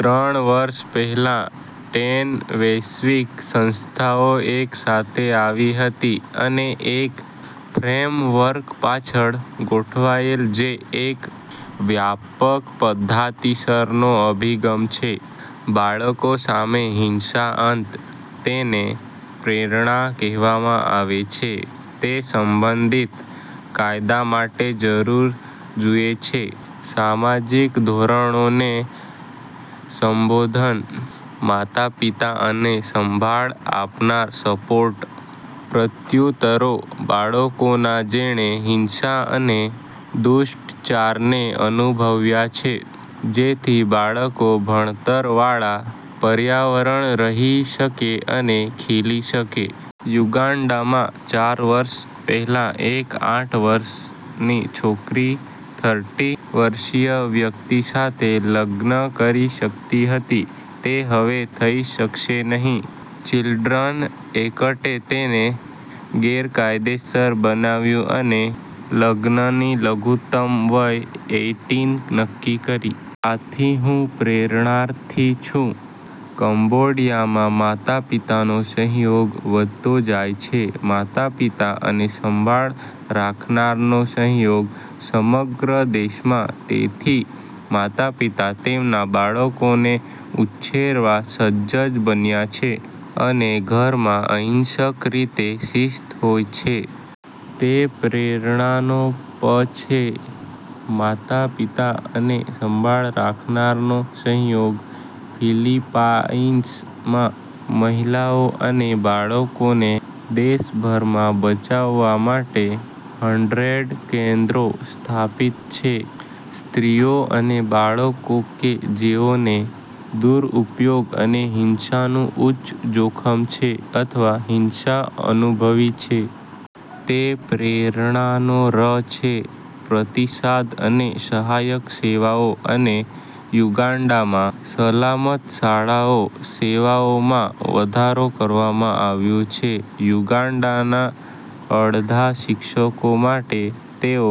ત્રણ વર્ષ પહેલાં, ટેન વૈશ્વિક સંસ્થાઓ એક સાથે આવી હતી અને એક ફ્રેમવર્ક પાછળ ગોઠવાયેલ જે એક વ્યાપક પધાતિસરનો અભિગમ છે બાળકો સામે હિંસા અંત. તેને પ્રેરણા કેહવામાં આવે છે. તે સંબંધિત કાયદા માટે જરૂર જુએ છે સામાજિક ધોરણોને સંબોધન, માતાપિતા અને સંભાળ આપનાર સપોર્ટ, પ્રત્યુતરો બાળકોના જેણે હિંસા અને દુષ્ટચારને અનુભવ્યા છે જેથી બાળકો ભણતરવાળા પર્યાવરણ રહી શકે અને ખીલી શકે. યુગાન્ડામાં ચાર વર્ષ પહેલાં એક આઠ વર્ષની છોકરી થર્ટી વર્ષીય વ્યક્તિ સાથે લગ્ન કરી શકતી હતી. તે હવે થઈ શકશે નહીં. ચિલ્ડ્રન એકટે તેને ગેરકાયદેસર બનાવ્યું અને લગ્નની લઘુત્તમ વય એઈટીન નક્કી કરી. આથી હું પ્રેરણાર્થી છું. કંબોડિયામાં માતા પિતાનો સહયોગ વધતો જાય છે. માતા પિતા અને સંભાળ રાખનારનો સહયોગ સમગ્ર દેશમાં તેથી માતા પિતા તેમના બાળકોને ઉછેરવા સજ્જ બન્યા છે અને ઘરમાં અહિંસક રીતે શિસ્ત હોય છે. તે પ્રેરણા નો પ છે "માતા પિતા અને સંભાળ રાખનારનો સહયોગ." ફિલિપાઇન્સમાં મહિલાઓ અને બાળકોને દેશભરમાં બચાવવા માટે હન્ડ્રેડ કેન્દ્રો સ્થાપિત છે. સ્ત્રીઓ અને બાળકો કે જેઓને દુરુપયોગ અને હિંસાનું ઉચ્ચ જોખમ છે અથવા હિંસા અનુભવી છે. તે પ્રેરણા નો ર છે "પ્રતિસાદ અને સહાયક સેવાઓ." અને યુગાન્ડામાં, સલામત શાળાઓ સેવાઓમાં વધારો કરવામાં આવ્યું છે યુગાન્ડાના અડધા શિક્ષકો માટે. તેઓ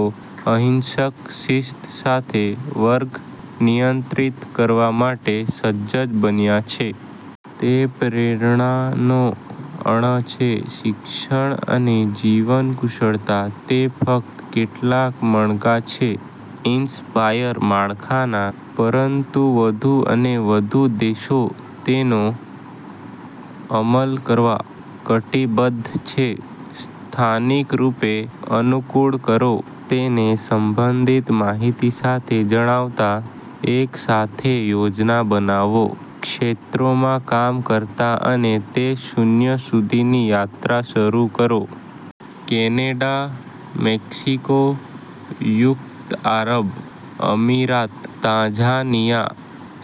અહિંસક શિસ્ત સાથે વર્ગ નિયંત્રિત કરવા માટે સજ્જ બન્યા છે. તે પ્રેરણા નો ણ છે "શિક્ષણ અને જીવન કુશળતા." તે ફક્ત કેટલાક મણકા છે ઇન્સ્પાયર માળખાના. પરંતુ વધુ અને વધુ દેશો તેનો અમલ કરવા કટિબદ્ધ છે. સ્થાનિક રૂપે અનુકૂળ કરો, તેને સંબંધિત માહિતી સાથે જણાવતા, એક સાથે યોજના બનાવો, ક્ષેત્રોમાં કામ કરતા અને તે શૂન્ય સુધીની યાત્રા શરૂ કરો. કેનેડા, મેક્સિકો, યુક્ત આરબ અમીરાત, તાંઝાનિયા,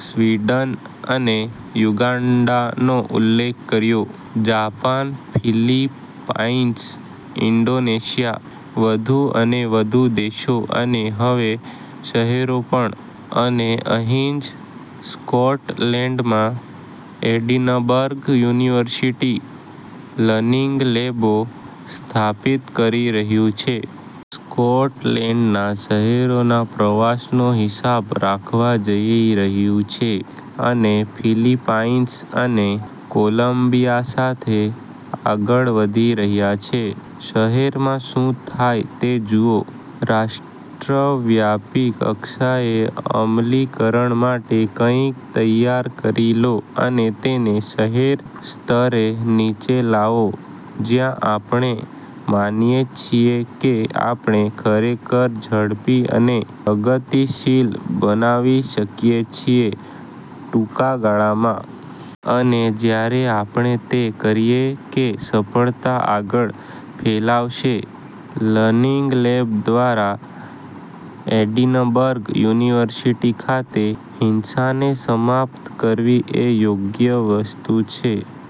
સ્વીડન અને યુગાન્ડાનો ઉલ્લેખ કર્યો. જાપાન, ફિલિપાઇન્સ, ઇન્ડોનેશિયા, વધુ અને વધુ દેશો અને હવે શહેરો પણ. અને અહીં જ સ્કોટલેન્ડમાં એડિનબર્ગ યુનિવર્સિટી લર્નિંગ લેબો સ્થાપિત કરી રહ્યું છે. સ્કોટલેન્ડના શેહરોના પ્રવાસનો હિસાબ રાખવા જઈ રહ્યું છે. અને ફિલિપાઇન્સ અને કોલમ્બિયા સાથે આગળ વધી રહ્યા છે. શહેરમાં શું થાય તે જુઓ, રાષ્ટ્રવ્યાપી કક્ષાએ અમલીકરણ માટે કંઈક તૈયાર કરી લો અને તેને શહેર સ્તરે નીચે લાવો જ્યાં આપણે માનીએ છીએ કે આપણે ખરેખર ઝડપી અને પ્રગતિશીલ બનાવી શકીએ છીએ ટૂંકા ગાળામાં. અને જ્યારે આપણે તે કરીએ કે સફળતા આગળ ફેલાવાશે લર્નિંગ લેબ દ્વારા એડિનબર્ગ યુનિવર્સિટી ખાતે. હિંસાને સમાપ્ત કરવી એ યોગ્ય વસ્તુ છે.